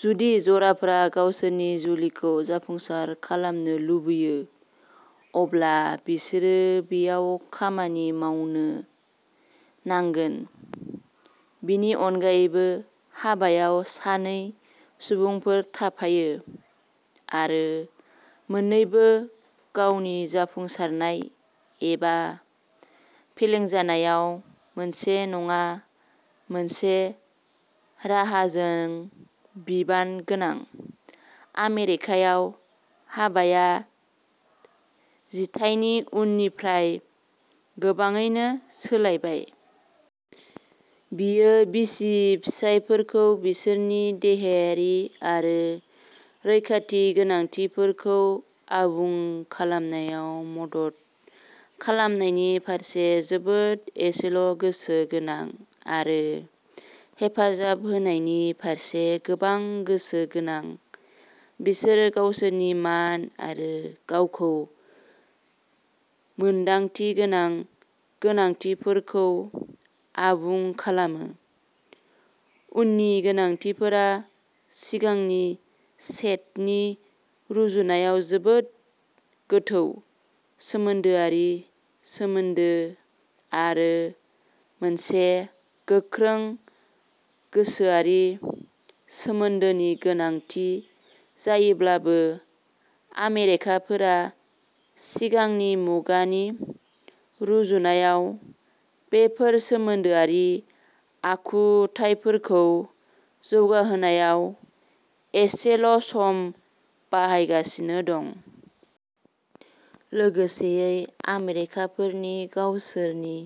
जुदि जराफोरा गावसोरनि जुलिखौ जाफुंसार खालामनो लुबैयो, अब्ला बिसोरो बेयाव खामानि मावनो नांगोन। बेनि अनगायैबो, हाबायाव सानै सुबुंफोर थाफायो आरो मोननैबो गावनि जाफुंसारनाय एबा फेलेंजानायाव मोनसे नङा मोनसे राहाजों बिबान गोनां। "आमेरिकायाव हाबाया जिथाइनि उननिफ्राय गोबाङैनो सोलायबाय। बेयो बिसि-फिसायफोरखौ बिसोरनि देहायारि आरो रैखाथि गोनांथिफोरखौ आबुं खालामनायाव मदद खालामनायनि फारसे जोबोद एसेल'गोसो गोनां आरो हेफाजाब होनायनि फारसे गोबां गोसो गोनां। बिसोर गावसोरनि मान आरो गावखौ मोनदांथि गोनां गोनांथिफोरखौ आबुं खालामो। उननि गोनांथिफोरा सिगांनि सेटनि रुजुनायाव जोबोद गोथौ सोमोन्दोआरि सोमोन्दो आरो मोनसे गोख्रों गोसोआरि सोमोन्दोनि गोनांथि जायोब्लाबो, आमेरिकानफोरा सिगांनि मुगानि रुजुनायाव बेफोर सोमोन्दोआरि आखुथाइफोरखौ जौगाहोनायाव एसेल'सम बाहायगासिनो दं। लोगोसेयै, आमेरिकानफोरनि गावसोरनि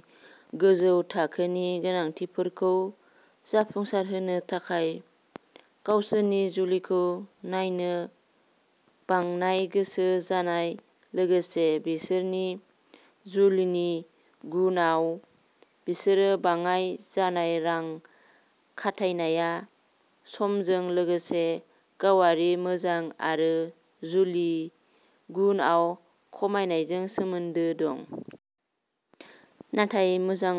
गोजौ थाखोनि गोनांथिफोरखौ जाफुंसारहोनो थाखाय गावसोरनि जुलिखौ नायनो बांनाय गोसो जानाय, लोगोसे बिसोरनि जुलिनि गुनआव बिसोरनि बाङाइ जानाय रां खाथायनाया, समजों लोगोसे गावारि मोजां आरो जुलि गुनआव खमायनायजों सोमोन्दो दं। नाथाय मोजां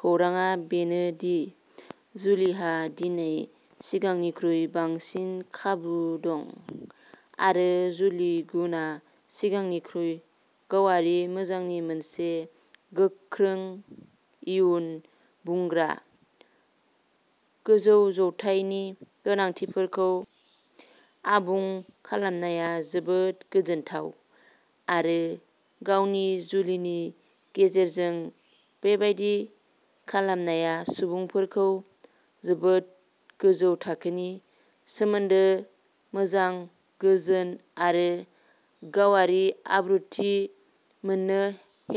खौरांआ बेनो दि जुलिहा दिनै सिगांनिख्रुइ बांसिन खाबु दं, आरो जुलि गुनआ सिगांनिख्रुइ गावारि मोजांनि मोनसे गोख्रों इयुन बुंग्रा। गोजौ जौथायनि गोनांथिफोरखौ आबुं खालामनाया जोबोद गोजोनथाव, आरो गावनि जुलिनि गेजेरजों बेबादि खालामनाया सुबुंफोरखौ जोबोद गोजौ थाखोनि सोमोन्दो मोजां, गोजोन आरो गावारि आबुंथि मोन्नो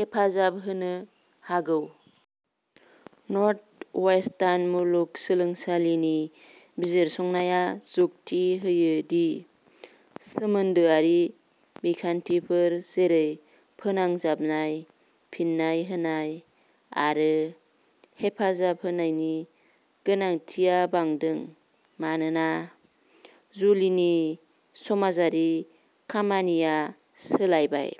हेफाजाब होनो हागौ। "नर्थवेस्टार्न मुलुगसोलोंसालिनि बिजिरसंनाया जुक्ति होयो दि" सोमोन्दोआरि बिखान्थिफोर जेरै फोनांजाबनाय, फिन्नाय होनाय आरो हेफाजाब होनायनि गोनांथिया बांदों मानोना जुलिनि समाजारि खामानिया सोलायबाय।